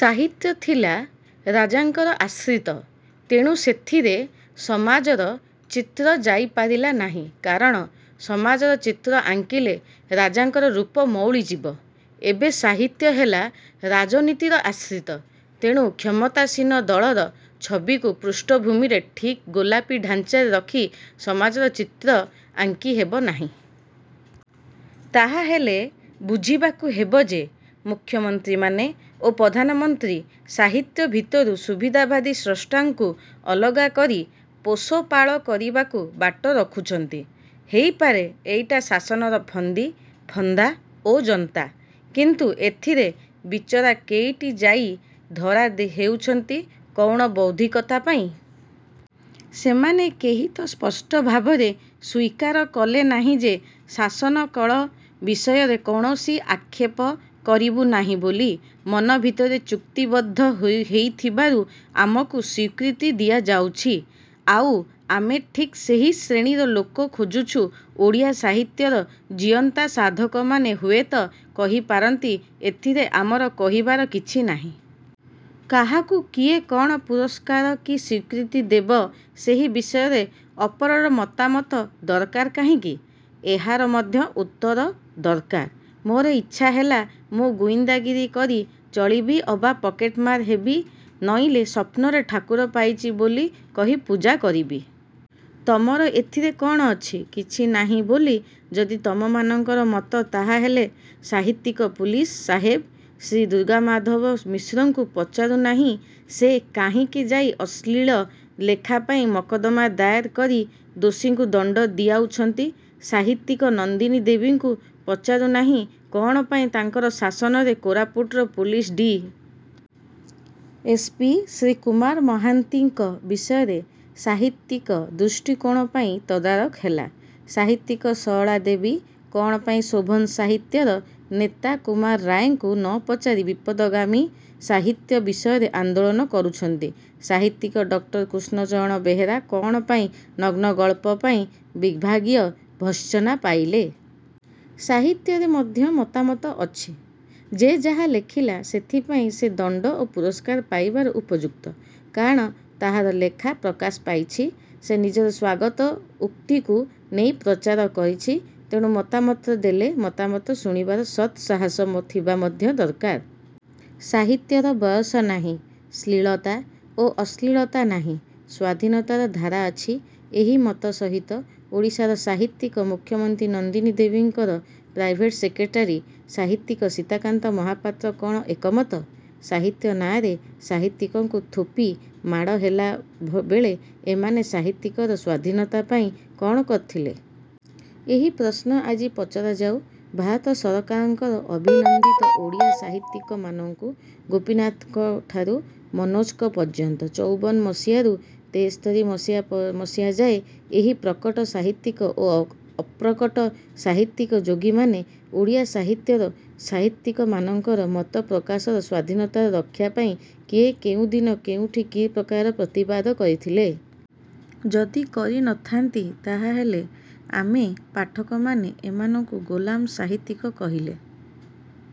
ସାହିତ୍ୟ ଥିଲା ରାଜାଙ୍କର ଆଶ୍ରିତ। ତେଣୁ ସେଥିରେ ସମାଜର ଚିତ୍ର ଯାଇପାରିଲା ନାହିଁ। କାରଣ ସମାଜର ଚିତ୍ର ଆଙ୍କିଲେ ରାଜାଙ୍କର ରୂପ ମଉଳିଯିବ। ଏବେ ସାହିତ୍ୟ। ହେଲା ରାଜନୀତିର ଆଶ୍ରିତ। ତେଣୁ କ୍ଷମତାସୀନ ଦଳର ଛବିକୁ ପୃଷ୍ଠଭୂମିରେ ଠିକ୍ ଗୋଲାପୀ ଢାଞ୍ଚାରେ ରଖି ସମାଜର ଚିତ୍ର ଆଙ୍କି ହେବ ନାହିଁ। ତାହାହେଲେ ବୁଝିବାକୁ ହେବ ଯେ ମୁଖ୍ୟମନ୍ତ୍ରୀମାନେ ଓ ପ୍ରଧାନମନ୍ତ୍ରୀ ସାହିତ୍ୟ ଭିତରୁ ସୁବିଧାବାଦୀ ସ୍ରଷ୍ଟାଙ୍କୁ ଅଲଗା କରି ପୋଷପାଳ କରିବାକୁ ବାଟ ରଖୁଛନ୍ତି। ହେଇପାରେ ଏଇଟା ଶାସନର ଫନ୍ଦି, ଫନ୍ଦା ଓ ଜନ୍ତା। କିନ୍ତୁ ଏଥିରେ ବିଚରା କେଇଟି ଯାଇ ଧରା ହେଉଛନ୍ତି କ'ଣ ବୌଦ୍ଧିକତା ପାଇଁ? ସେମାନେ କେହି ତ ସ୍ପଷ୍ଟ ଭାବରେ ସ୍ୱୀକାର କଲେ ନାହିଁ ଯେ ଶାସନକଳ ବିଷୟରେ କୌଣସି ଆକ୍ଷେପ କରିବୁ ନାହିଁ ବୋଲି ମନ ଭିତରେ ଚୁକ୍ତିବଦ୍ଧ ହେଇଥିବାରୁ ଆମକୁ ସ୍ୱୀକୃତି ଦିଆଯାଉଛି। ଆଉ ଆମେ ଠିକ୍ ସେହି ଶ୍ରେଣୀର ଲୋକ ଖୋଜୁଛୁ। ଓଡ଼ିଆ ସାହିତ୍ୟର ଜୀଅନ୍ତା ସାଧକମାନେ ହୁଏତ କହିପାରନ୍ତି-ଏଥିରେ ଆମର କହିବାର କିଛି ନାହିଁ। କାହାକୁ କିଏ କ'ଣ ପୁରସ୍କାର କି ସ୍ୱୀକୃତି ଦେବ ସେହି ବିଷୟରେ ଅପରର ମତାମତ ଦରକାର କାହିଁକି? ଏହାର ମଧ୍ୟ ଉତ୍ତର ଦରକାର। ମୋର ଇଚ୍ଛା ହେଲା ମୁଁ ଗୁଇନ୍ଦାଗିରି କରି ଚଳିବି ଅବା ପକେଟମାର ହେବି ନଇଲେ ସ୍ୱପ୍ନରେ ଠାକୁର ପାଇଛି ବୋଲି କହି ପୂଜା କରିବି? ତମର ଏଥିରେ କ'ଣ ଅଛି? କିଛି ନାହିଁ ବୋଲି ଯଦି ତମମାନଙ୍କର ମତ ତାହାହେଲେ ସାହିତ୍ୟିକ ପୁଲିସ ସାହେବ ଶ୍ରୀ ଦୁର୍ଗାମାଧବ ମିଶ୍ରଙ୍କୁ ପଚାରୁ ନାହିଁ ସେ କାହିଁକି ଯାଇ ଅଶ୍ଳୀଳ ଲେଖା ପାଇଁ ମକଦ୍ଦମା ଦାଏର କରି ଦୋଷୀକୁ ଦଣ୍ତ ଦିଆଉଛନ୍ତି। ସାହିତ୍ୟିକ ନନ୍ଦିନୀ ଦେବୀଙ୍କୁ ପଚାରୁ ନାହିଁ କ'ଣ ପାଇଁ ତାଙ୍କରି ଶାସନରେ କୋରାପୁଟର police D. S. P. Shri Kumar ମହାନ୍ତିଙ୍କ ବିଷୟରେ ସାହିତ୍ୟିକ ଦୃଷ୍ଟି କୋଣ ପାଇଁ ତଦାରଖ ହେଲା? ସାହିତ୍ୟିକ ସରଳା ଦେବୀ କ'ଣ ପାଇଁ ଶୋଭନ ସାହିତ୍ୟର ନେତା କୁମାର ରାୟଙ୍କୁ ନ ପଚାରି ବିପଥଗାମୀ ସାହିତ୍ୟ ବିଷୟରେ ଆନ୍ଦୋଳନ କରୁଛନ୍ତି? ସାହିତ୍ୟିକ ଡକ୍ଟର କୃଷ୍ଣଚରଣ ବେହେରା କ'ଣ ପାଇଁ ନଗ୍ନ ଗଳ୍ପ ପାଇଁ ବିଭାଗୀୟ ଭର୍ତ୍ସନା ପାଇଲେ-? ସାହିତ୍ୟରେ ମଧ୍ୟ ମତାମତ ଅଛି। ଯେ ଯାହା ଲେଖିଲା ସେଥିପାଇଁ ସେ ଦଣ୍ତ ଓ ପୁରସ୍କାର ପାଇବାର ଉପଯୁକ୍ତ। କାରଣ ତାହାର ଲେଖା ପ୍ରକାଶ ପାଇଛି। ସେ ନିଜର ସ୍ୱାଗତ ଉକ୍ତିକୁ ନେଇ ପ୍ରଚାର କରିଛି। ତେଣୁ ମତାମତ ଦେଲେ ମତାମତ ଶୁଣିବାର ସତ୍ ସାହସ ଥିବା ମଧ୍ୟ ଦରକାର। ସାହିତ୍ୟର ବୟସ ନାହିଁ। ଶ୍ଳୀଳତା ଓ ଅଶ୍ଳୀଳତା ନାହିଁ। ସ୍ୱାଧୀନତାର ଧାରା ଅଛି। ଏହି ମତ ସହିତ ଓଡ଼ିଶାର ସାହିତ୍ୟିକ ମୁଖ୍ୟମନ୍ତ୍ରୀ ନନ୍ଦିନୀ ଦେବୀଙ୍କର ପ୍ରାଇଭେଟ ସେକ୍ରେଟାରୀ ସାହିତ୍ୟିକ ସୀତାକାନ୍ତ ମହାପାତ୍ର କ'ଣ ଏକମତ? ସାହିତ୍ୟ ନାଆଁରେ ସାହିତ୍ୟିକକୁ ଥୋପି ମାଡ଼ ହେଲାବେଳେ ଏମାନେ ସାହିତ୍ୟିକର ସ୍ୱାଧୀନତା ପାଇଁ କ'ଣ କରିଥିଲେ? ଏହି ପ୍ରଶ୍ନ ଆଜି ପଚରାଯାଉ ଭାରତ ସରକାରଙ୍କର ଅଭିନନ୍ଦିତ ଓଡ଼ିଆ ସାହିତ୍ୟିକମାନଙ୍କୁ-ଗୋପୀନାଥଙ୍କଠାରୁ ମନୋଜଙ୍କ ପର୍ଯ୍ୟନ୍ତ। ଚଉବନ ମସିହାରୁ ତେସ୍ତରୀ ମସିହାଯାଏ ଏହି ପ୍ରକଟ ସାହିତ୍ୟିକ ଓ ଅପ୍ରକଟ ସାହିତ୍ୟିକ ଯୋଗୀମାନେ ଓଡ଼ିଆ ସାହିତ୍ୟର ସାହିତ୍ୟିକମାନଙ୍କର ମତ ପ୍ରକାଶର ସ୍ୱାଧୀନତାର ରକ୍ଷା ପାଇଁ କିଏ କେଉଁଦିନ କେଉଁଠି କି ପ୍ରକାରରେ ପ୍ରତିବାଦ କରିଥିଲେ? ଯଦି କରି ନ ଥାନ୍ତି ତାହାହେଲେ ଆମେ ପାଠକମାନେ ଏମାନଙ୍କୁ ଗୋଲାମ ସାହିତ୍ୟିକ କହିଲେ